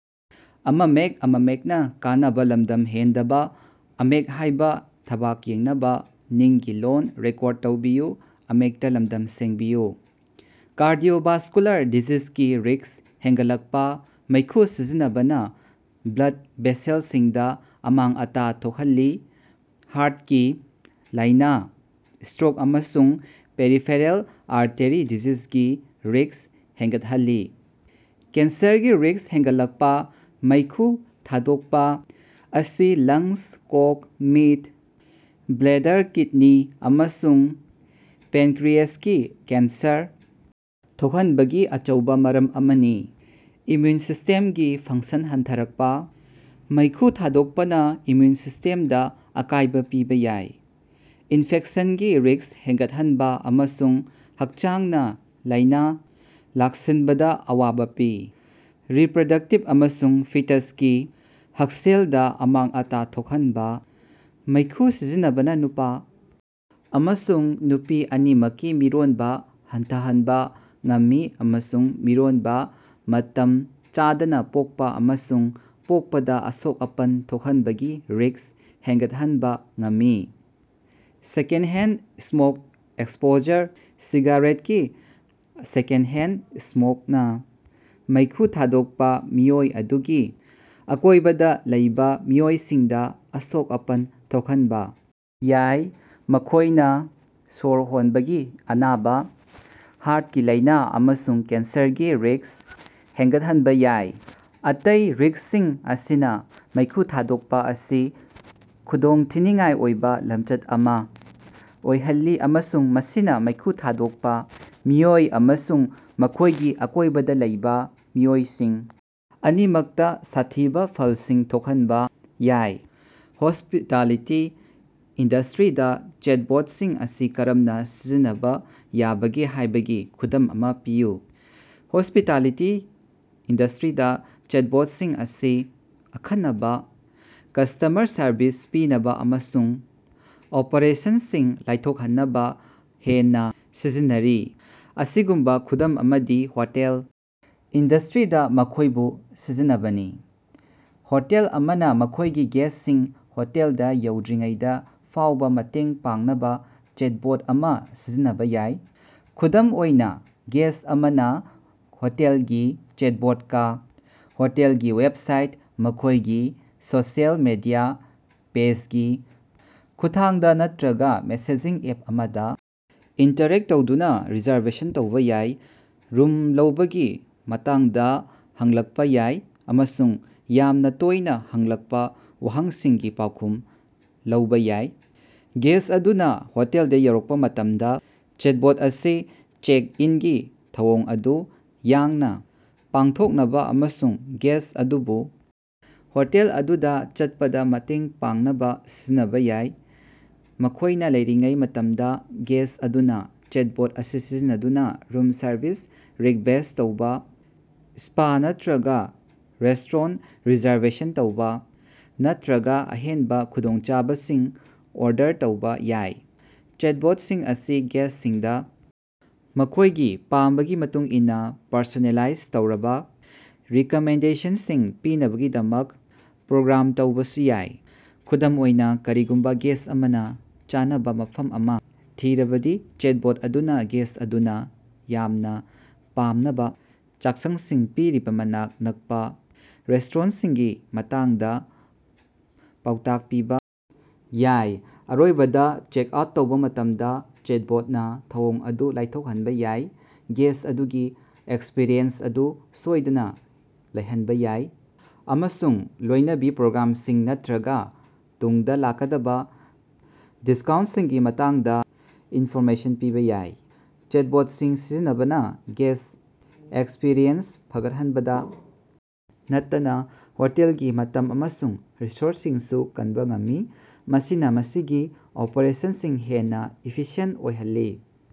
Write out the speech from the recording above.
Cardiovascular ꯗꯤꯖꯤꯖꯒꯤ ꯔꯤꯛ꯭ꯁ ꯍꯦꯟꯒꯠꯂꯛꯄꯥ: ꯃꯩꯈꯨ ꯁꯤꯖꯤꯟꯅꯕꯅ ꯕ꯭ꯂꯗ ꯚꯦꯁꯦꯜꯁꯤꯡꯗ ꯑꯃꯥꯡ-ꯑꯇꯥ ꯊꯣꯛꯍꯜꯂꯤ, ꯍꯥꯔꯠꯀꯤ ꯂꯥꯏꯅꯥ, ꯁ꯭ꯇꯔꯣꯛ ꯑꯃꯁꯨꯡ ꯄꯦꯔꯤꯐꯦꯔꯦꯜ ꯑꯥꯔꯇꯦꯔꯤ ꯗꯤꯖꯤꯖꯒꯤ ꯔꯤꯛ꯭ꯁ ꯍꯦꯟꯒꯠꯍꯜꯂꯤ꯫ ꯀꯦꯟꯁꯔꯒꯤ ꯔꯤꯛ꯭ꯁ ꯍꯦꯟꯒꯠꯂꯛꯄꯥ: ꯃꯩꯈꯨ ꯊꯥꯗꯣꯛꯄ ꯑꯁꯤ ꯂꯪꯁ, ꯀꯣꯛ, ꯃꯤꯠ, ꯕ꯭ꯂꯦꯗꯔ, ꯀꯤꯗꯅꯤ, ꯑꯃꯁꯨꯡ ꯄꯦꯟꯀꯔꯤꯑꯦꯁꯀꯤ ꯀꯦꯟꯁꯔ ꯊꯣꯛꯍꯟꯕꯒꯤ ꯑꯆꯧꯕ ꯃꯔꯝ ꯑꯃꯅꯤ꯫ ꯏꯝꯃꯌꯨꯟ ꯁꯤꯁꯇꯦꯝꯒꯤ ꯐꯪꯁꯟ ꯍꯟꯊꯔꯛꯄꯥ: ꯃꯩꯈꯨ ꯊꯥꯗꯣꯛꯄꯅ ꯏꯝꯃ꯭ꯌꯨꯟ ꯁꯤꯁꯇꯦꯝꯗ ꯑꯀꯥꯏꯕ ꯄꯤꯕ ꯌꯥꯏ, ꯏꯟꯐꯦꯛꯁꯟꯒꯤ ꯔꯤꯛ꯭ꯁ ꯍꯦꯟꯒꯠꯍꯟꯕ ꯑꯃꯁꯨꯡ ꯍꯛꯆꯥꯡꯅ ꯂꯥꯏꯅ ꯂꯥꯛꯁꯤꯟꯕꯗ ꯑꯋꯥꯕꯥ ꯄꯤ꯫ ꯔꯤꯄ꯭ꯔꯗꯛꯇꯤꯚ ꯑꯃꯁꯨꯡ ꯐꯤꯇꯁꯀꯤ ꯍꯛꯁꯦꯜꯗ ꯑꯃꯥꯡ-ꯑꯇꯥ ꯊꯣꯛꯍꯟꯕꯥ: ꯃꯩꯈꯨ ꯁꯤꯖꯤꯟꯅꯕꯅ ꯅꯨꯄꯥ ꯑꯃꯁꯨꯡ ꯅꯨꯄꯤ ꯑꯅꯤꯃꯛꯀꯤ ꯃꯤꯔꯣꯟꯕ ꯍꯟꯊꯍꯟꯕ ꯉꯝꯃꯤ ꯑꯃꯁꯨꯡ ꯃꯤꯔꯣꯟꯕꯥ, ꯃꯇꯝ ꯆꯥꯗꯅ ꯄꯣꯛꯄ ꯑꯃꯁꯨꯡ ꯄꯣꯛꯄꯗ ꯑꯁꯣꯛ-ꯑꯄꯟ ꯊꯣꯛꯍꯟꯕꯒꯤ ꯔꯤꯛ꯭ꯁ ꯍꯦꯟꯒꯠꯍꯟꯕ ꯉꯝꯃꯤ꯫ ꯁꯦꯀꯦꯟꯗꯍꯦꯟꯗ ꯁ꯭ꯃꯣꯛ ꯑꯦꯛꯁꯄꯣꯖꯔ: ꯁꯤꯒꯥꯔꯦꯠꯒꯤ ꯁꯦꯀꯦꯟꯗꯍꯦꯟꯗ ꯁ꯭ꯃꯣꯛꯅꯥ ꯃꯩꯈꯨ ꯊꯥꯗꯣꯛꯄ ꯃꯤꯑꯣꯏ ꯑꯗꯨꯒꯤ ꯑꯀꯣꯏꯕꯗ ꯂꯩꯕ ꯃꯤꯑꯣꯏꯁꯤꯡꯗ ꯑꯁꯣꯛ-ꯑꯄꯟ ꯊꯣꯛꯍꯟꯕ ꯌꯥꯏ, ꯃꯈꯣꯏꯅ ꯁ꯭ꯋꯔ ꯍꯣꯟꯕꯒꯤ ꯑꯅꯥꯕ, ꯍꯥꯔꯠꯀꯤ ꯂꯥꯏꯅ ꯑꯃꯁꯨꯡ ꯀꯦꯟꯁꯔꯒꯤ ꯔꯤꯛ꯭ꯁ ꯍꯦꯟꯒꯠꯍꯟꯕ ꯌꯥꯏ꯫ ꯑꯇꯩ ꯔꯤꯛꯁꯁꯤꯡ ꯑꯁꯤꯅ ꯃꯩꯈꯨ ꯊꯥꯗꯣꯛꯄ ꯑꯁꯤ ꯈꯨꯗꯣꯡꯊꯤꯅꯤꯉꯥꯏ ꯑꯣꯏꯕ ꯂꯝꯆꯠ ꯑꯃꯥ ꯑꯣꯏꯍꯜꯂꯤ ꯑꯃꯁꯨꯡ ꯃꯁꯤꯅ ꯃꯩꯈꯨ ꯊꯥꯗꯣꯛꯄ ꯃꯤꯑꯣꯏ ꯑꯃꯁꯨꯡ ꯃꯈꯣꯏꯒꯤ ꯑꯀꯣꯏꯕꯗ ꯂꯩꯕ ꯃꯤꯑꯣꯏꯁꯤꯡ ꯑꯅꯤꯃꯛꯇ ꯁꯥꯊꯤꯕ ꯐꯜꯁꯤꯡ ꯊꯣꯛꯍꯟꯕ ꯌꯥꯏ꯫ ꯍꯣꯁ꯭ꯄꯤꯇꯥꯂꯤꯇꯤ ꯏꯟꯗꯁ꯭ꯇꯔꯤꯗ ꯆꯦꯠꯕꯣꯠꯁꯤꯡ ꯑꯁꯤ ꯀꯔꯝꯅ ꯁꯤꯖꯤꯟꯅꯕ ꯌꯥꯕꯒꯦ ꯍꯥꯏꯕꯒꯤ ꯈꯨꯗꯝ ꯑꯃꯥ ꯄꯤꯌꯨ꯫ ꯍꯣꯁ꯭ꯄꯤꯇꯥꯂꯤꯇꯤ ꯏꯟꯗꯁ꯭ꯇꯔꯤꯗꯥ ꯆꯦꯠꯕꯣꯠꯁꯤꯡ ꯑꯁꯤ ꯑꯈꯟꯅꯕ ꯀꯁ꯭ꯇꯃꯔ ꯁꯔꯕꯤꯁ ꯄꯤꯅꯕ ꯑꯃꯁꯨꯡ ꯑꯣꯄꯔꯦꯁꯟꯁꯤꯡ ꯂꯥꯏꯊꯣꯛꯍꯟꯅꯕ ꯍꯦꯟꯅ ꯁꯤꯖꯤꯟꯅꯔꯤ꯫ ꯑꯁꯤꯒꯨꯝꯕ ꯈꯨꯗꯝ ꯑꯃꯗꯤ ꯍꯣꯇꯦꯜ ꯏꯟꯗꯁꯇ꯭ꯔꯤꯗ ꯃꯈꯣꯏꯕꯨ ꯁꯤꯖꯤꯟꯅꯕꯅꯤ꯫ ꯍꯣꯇꯦꯜ ꯑꯃꯅ ꯃꯈꯣꯏꯒꯤ ꯒꯦꯁ꯭ꯠꯁꯤꯡ ꯍꯣꯇꯦꯜꯗ ꯌꯧꯗ꯭ꯔꯤꯉꯩꯗ ꯐꯥꯎꯕ ꯃꯇꯦꯡ ꯄꯥꯡꯅꯕ ꯆꯦꯠꯕꯣꯠ ꯑꯃꯥ ꯁꯤꯖꯤꯟꯅꯕ ꯌꯥꯏ꯫ ꯈꯨꯗꯝ ꯑꯣꯏꯅ, ꯒꯦꯁ꯭ꯠ ꯑꯃꯅ ꯍꯣꯇꯦꯜꯒꯤ ꯆꯦꯠꯕꯣꯠꯀꯥ ꯍꯣꯇꯦꯜꯒꯤ ꯋꯦꯕꯁꯥꯏꯠꯇ, ꯃꯈꯣꯏꯒꯤ ꯁꯣꯁꯤꯑꯦꯜ ꯃꯤꯗꯤꯌꯥ ꯄꯦꯖꯒꯤ ꯈꯨꯠꯊꯥꯡꯗ ꯅꯠꯇ꯭ꯔꯒ ꯃꯦꯁꯦꯖꯤꯡ ꯑꯦꯞ ꯑꯃꯗ ꯏꯟꯇꯔꯦꯛ ꯇꯧꯗꯨꯅ ꯔꯤꯖꯔꯕꯦꯁꯟ ꯇꯧꯕ ꯌꯥꯏ, ꯔꯨꯝ ꯂꯩꯕꯒꯤ ꯃꯇꯥꯡꯗ ꯍꯪꯂꯛꯄꯥ ꯌꯥꯏ ꯑꯃꯁꯨꯡ ꯌꯥꯝꯅ ꯇꯣꯏꯅ ꯍꯪꯂꯛꯄ ꯋꯥꯍꯪꯁꯤꯡꯒꯤ ꯄꯥꯎꯈꯨꯝ ꯂꯧꯕꯥ ꯌꯥꯏ꯫ ꯒꯦꯁ꯭ꯠ ꯑꯗꯨꯅ ꯍꯣꯇꯦꯜꯗꯥ ꯌꯧꯔꯛꯄ ꯃꯇꯝꯗ, ꯆꯦꯠꯕꯣꯠ ꯑꯁꯤ ꯆꯦꯛ-ꯏꯟꯒꯤ ꯊꯧꯑꯣꯡ ꯑꯗꯨ ꯌꯥꯡꯅ ꯄꯥꯡꯊꯣꯛꯅꯕ ꯑꯃꯁꯨꯡ ꯒꯦꯁ꯭ꯠ ꯑꯗꯨꯕꯨ ꯍꯣꯇꯦꯜ ꯑꯗꯨꯗ ꯆꯠꯄꯗ ꯃꯇꯦꯡ ꯄꯥꯡꯅꯕ ꯁꯤꯖꯤꯟꯅꯕ ꯌꯥꯏ꯫ ꯃꯈꯣꯏꯅ ꯂꯩꯔꯤꯉꯩ ꯃꯇꯝꯗ, ꯒꯦꯁ꯭ꯠ ꯑꯗꯨꯅ ꯆꯦꯠꯕꯣꯠ ꯑꯁꯤ ꯁꯤꯖꯤꯟꯅꯗꯨꯅ ꯔꯨꯝ ꯁꯔꯚꯤꯁ ꯔꯤꯛꯕꯦꯁ꯭ꯠ ꯇꯧꯕ, ꯁ꯭ꯄꯥ ꯅꯠꯇ꯭ꯔꯒ ꯔꯦꯁꯇꯣꯔꯦꯟ ꯔꯤꯖꯔꯕꯦꯁꯟ ꯇꯧꯕ ꯅꯠꯇ꯭ꯔꯒ ꯑꯍꯦꯟꯕ ꯈꯨꯗꯣꯡꯆꯥꯕꯁꯤꯡ ꯑꯣꯔꯗꯔ ꯇꯧꯕꯥ ꯌꯥꯏ꯫ ꯆꯦꯠꯕꯣꯠꯁꯤꯡ ꯑꯁꯤ ꯒꯦꯁ꯭ꯠꯁꯤꯡꯗ ꯃꯈꯣꯏꯒꯤ ꯄꯥꯝꯕꯒꯤ ꯃꯇꯨꯡꯏꯟꯅ ꯄꯔꯁꯣꯅꯦꯂꯥꯏꯖ ꯇꯧꯔꯕ ꯔꯤꯀꯃꯦꯟꯗꯦꯁꯟꯁꯤꯡ ꯄꯤꯅꯕꯒꯤꯗꯃꯛ ꯄ꯭ꯔꯣꯒ꯭ꯔꯥꯝ ꯇꯧꯕꯁꯨ ꯌꯥꯏ꯫ ꯈꯨꯗꯝ ꯑꯣꯏꯅꯥ, ꯀꯔꯤꯒꯨꯝꯕ ꯒꯦꯁ꯭ꯠ ꯑꯃꯅ ꯆꯥꯅꯕ ꯃꯐꯝ ꯑꯃ ꯊꯤꯔꯕꯗꯤ, ꯆꯦꯠꯕꯣꯠ ꯑꯗꯨꯅ ꯒꯦꯁ꯭ꯠ ꯑꯗꯨꯅ ꯌꯥꯝꯅ ꯄꯥꯝꯅꯕ ꯆꯥꯛꯁꯪꯁꯤꯡ ꯄꯤꯔꯤꯕ ꯃꯅꯥꯛ ꯅꯛꯄ ꯔꯦꯁꯇꯣꯔꯦꯟꯠꯁꯤꯡꯒꯤ ꯃꯇꯥꯡꯗ ꯄꯥꯎꯇꯥꯛ ꯄꯤꯕ ꯌꯥꯏ꯫ ꯑꯔꯣꯏꯕꯗ, ꯆꯦꯛꯑꯥꯎꯠ ꯇꯧꯕ ꯃꯇꯝꯗ, ꯆꯦꯠꯕꯣꯠꯅ ꯊꯧꯑꯣꯡ ꯑꯗꯨ ꯂꯥꯏꯊꯣꯛꯍꯟꯕ ꯌꯥꯏ, ꯒꯦꯁ꯭ꯠ ꯑꯗꯨꯒꯤ ꯑꯦꯛꯁꯄꯤꯔꯤꯑꯦꯟꯁ ꯑꯗꯨ ꯁꯣꯏꯗꯅ ꯂꯩꯍꯟꯕ ꯌꯥꯏ, ꯑꯃꯁꯨꯡ ꯂꯣꯏꯅꯕꯤ ꯄ꯭ꯔꯣꯒ꯭ꯔꯥꯝꯁꯤꯡ ꯅꯠꯇꯔꯒ ꯇꯨꯡꯗ ꯂꯥꯛꯀꯗꯕ ꯗꯤꯁꯀꯥꯎꯟꯠꯁꯤꯡꯒꯤ ꯃꯇꯥꯡꯗ ꯏꯟꯐꯣꯔꯃꯦꯁꯟ ꯄꯤꯕ ꯌꯥꯏ꯫ ꯆꯦꯠꯕꯣꯠꯁꯤꯡ ꯁꯤꯖꯤꯟꯅꯕꯅ ꯒꯦꯁ꯭ꯠ ꯑꯦꯛꯁꯄꯤꯔꯤꯑꯦꯟꯁ ꯐꯒꯠꯍꯟꯕꯗ ꯅꯠꯇꯅ ꯍꯣꯇꯦꯜꯒꯤ ꯃꯇꯝ ꯑꯃꯁꯨꯡ ꯔꯤꯁꯣꯔꯁꯁꯤꯡꯁꯨ ꯀꯟꯕ ꯉꯝꯃꯤ, ꯃꯁꯤꯅ ꯃꯁꯤꯒꯤ ꯑꯣꯄꯔꯦꯁꯟꯁꯤꯡ ꯍꯦꯟꯅ ꯏꯐꯤꯁꯤꯌꯦꯟꯠ ꯑꯣꯏꯍꯜꯂꯤ꯫